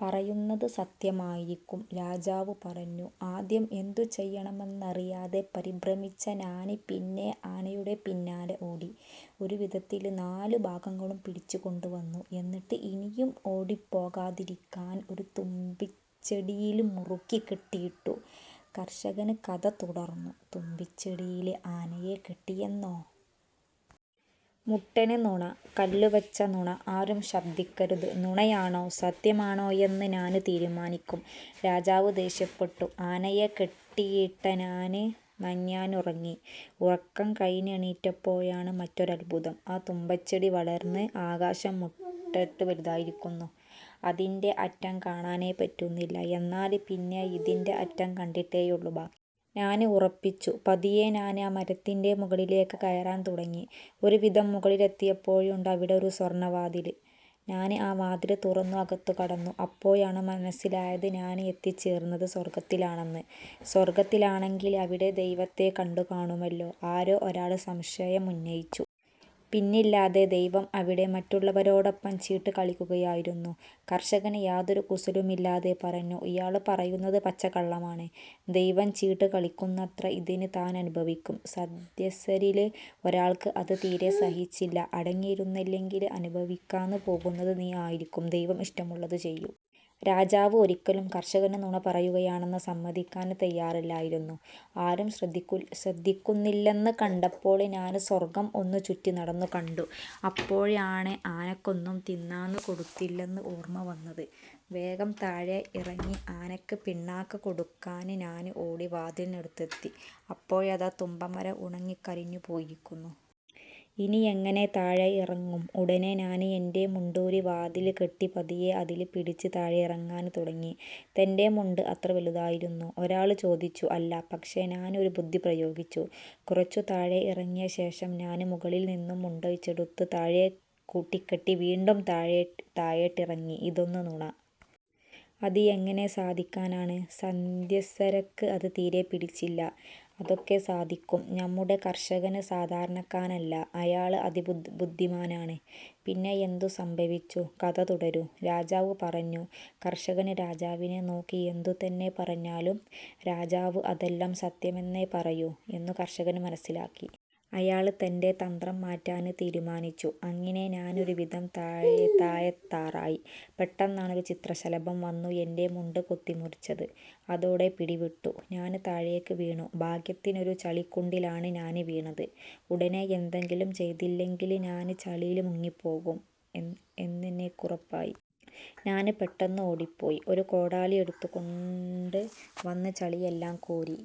പറയുന്നത് സത്യമായിരിക്കും. " രാജാവ് പറഞ്ഞു. "ആദ്യം എന്തു ചെയ്യണമെന്നറിയാതെ പരിഭ്രമിച്ച ഞാന് പിന്നെ ആനയുടെ പിന്നാലേ ഓടി ഒരു വിധത്തില് നാലു ഭാഗങ്ങളും പിടിച്ച് കൊണ്ട് വന്നു. എന്നിട്ട് ഇനിയും ഓടിപ്പോകാതിരിക്കാന് ഒരു തുമ്പച്ചെടിയില് മുറുക്കി കെട്ടിയിട്ടു. " കര്ഷകന് കഥ തുടര്ന്നു. "തുമ്പച്ചെടിയില് ആനയെ കെട്ടിയിട്ടെന്നോ. മുട്ടന് നുണ! " "കല്ലുവെച്ച നുണ! " "ആരും ശബ്ദിക്കരുത്! നുണയാണോ സത്യമാണോയെന്ന് ഞാന് തീരുമാനിക്കും" രാജാവ് ദേഷ്യപ്പെട്ടു. "ആനയെ കെട്ടിയിട്ട ഞാന് നന്യൊന്നുറങ്ങി. ഉറക്കം കഴിഞ്ഞെണീറ്റപ്പോഴാണ് മറ്റൊരാത്ഭുതം. ആ തുമ്പച്ചെടി വളര്ന്ന് ആകാശം മുട്ടെ വലുതായിരിക്കുന്നു. അതിന്റെ അറ്റം കാണാനെ പറ്റുന്നില്ല. എന്നാല് പിന്നെ ഇതിന്റെ അറ്റം കണ്ടിട്ടേയുള്ളൂ ബാക്കി. ഞാന് ഉറപ്പിച്ചു. പതിയെ ഞാന് ആ മരത്തിന്റെ മുകളിലേക്ക് കയറാന് തുടങ്ങി. ഒരു വിധം മുകളിലെത്തിയപ്പോഴുണ്ട് അവിടെ ഒരു സ്വര്ണ്ണവാതില്. ഞാന് ആ വാതില് തുറന്നു അകത്തു കടന്നു. അപ്പോഴാണ് മനസ്സിലായത്, ഞാന് എത്തിച്ചേര്ന്നത് സ്വര്ഗത്തിലാണെന്ന്! " "സ്വര്ഗത്തിലാണെങ്കില് അവിടെ ദൈവത്തെ കണ്ടുകാണുമല്ലോ? " ആരോ ഒരാള് സംശയമുന്നയിച്ചു. "പിന്നില്ലാതെ. ദൈവം അവിടെ മറ്റുള്ളവരോടൊപ്പം ചീട്ട് കളിക്കുകയായിരുന്നു. " കര്ഷകന് യാതൊരു കൂസലുമില്ലാതെ പറഞ്ഞു. "ഇയാള് പറയുന്നത് പച്ചക്കള്ളമാണ്. ദൈവം ചീട്ട് കളിക്കുന്നത്രേ! ഇതിന് താന് അനുഭവിക്കും" സദസ്യരില് ഒരാള്ക്ക് അത് തീരെ സഹിച്ചില്ല. "അടങ്ങിയിരുന്നില്ലെങ്കില് അനുഭവിക്കാന് പോകുന്നത് നീ ആയിരിക്കും. ദൈവം ഇഷ്ടമുള്ളത് ചെയ്യും. " രാജാവ് ഒരിയ്ക്കലും കര്ഷകന് നുണ പറയുകയാണെന്ന് സമ്മതിക്കാന് തയ്യാറല്ലായിരുന്നു. "ആരും ശ്രദ്ധിക്കുന്നില്ലെന്ന് കണ്ടപ്പോള് ഞാന് സ്വര്ഗം ഒന്നു ചുറ്റി നടന്നു കണ്ടു. അപ്പോഴാണ് ആനക്കൊന്നും തിന്നാന് കൊടുത്തിട്ടില്ലെന്ന് ഓര്മ്മ വന്നത്. വേഗം താഴെ ഇറങ്ങി ആനയ്ക്ക് പിണ്ണാക്ക് കൊടുക്കാന് ഞാന് ഓടി വാതിലിനടുത്തെത്തി. അപ്പോഴതാ തുമ്പ മരം ഉണങ്ങിക്കരിഞ്ഞു പോയിരിക്കുന്നു. ഇനി എങ്ങനെ താഴെ ഇറങ്ങും? " "ഉടനെ ഞാന് എന്റെ മുണ്ടൂരി വാതിലില് കെട്ടി പതിയെ അതില് പിടിച്ച് താഴെക്കിറങ്ങാന് തുടങ്ങി" "തന്റെ മുണ്ട് അത്ര വലുതായിരുന്നോ? " ഒരാള് ചോദിച്ചു "അല്ല, പക്ഷേ ഞാന് ഒരു ബുദ്ധി പ്രയോഗിച്ചു. കുറച്ചു താഴെ ഇറങ്ങിയ ശേഷം ഞാന് മുകളില് നിന്നും മുണ്ടഴിച്ചെടുത്ത് താഴെ കൂട്ടികെട്ടി വീണ്ടും താഴോട്ടിറങ്ങി" "ഇതെന്ത് നുണ. അത് എങ്ങിനെ സാധിക്കാനാണ്? " സദസ്യര്ക്ക് അത് തീരെ പിടിച്ചില്ല "അതൊക്കെ സാധിയ്ക്കും. നമ്മുടെ കര്ഷകന് സാധാരണക്കാരനല്ല. അയാള് അതിബുദ്ധിമാനാണ്. പിന്നെ എന്തു സംഭവിച്ചു. കഥ തുടരൂ. " രാജാവ് പറഞ്ഞു. കര്ഷകന് രാജാവിനെ നോക്കി. എന്തു തന്നെ പറഞ്ഞാലും രാജാവ് അതെല്ലാം സത്യമെന്നേ പറയൂ എന്നു കര്ഷകന് മനസ്സിലാക്കി. അയാള് തന്റെ തന്ത്രം മാറ്റാന് തീരുമാനിച്ചു. "അങ്ങിനെ ഞാന് ഒരു വിധം താഴെയെത്താറായി. പെട്ടെന്നാണ് ഒരു ചിത്രശലഭം വന്നു എന്റെ മുണ്ട് കൊത്തി മുറിച്ചത്. അതോടെ പിടി വിട്ടു ഞാന് താഴേയ്ക്ക് വീണു. ഭാഗ്യത്തിന് ഒരു ചളിക്കുണ്ടിലാണ് ഞാന് വീണത്. ഉടനെ എന്തെങ്കിലും ചെയ്തില്ലെങ്കില് ഞാന് ചളിയില് മുങ്ങിപ്പോകും എന്നെനിക്കുറപ്പായി. ഞാന് പെട്ടെന്നു ഓടിപ്പോയി ഒരു കോടാലി എടുത്ത്കൊണ്ട് വന്ന് ചളിയെല്ലാം കോരി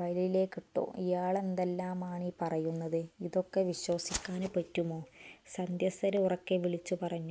വയലിലേക്കിട്ടു" "ഇയാളെന്തെല്ലാമാണ് ഈ പറയുന്നത്? ഇതൊക്കെ വിശ്വസിക്കാന് പറ്റുമോ? " സദസ്യര് ഉറക്കെ വിളിച്ചു പറഞ്ഞു.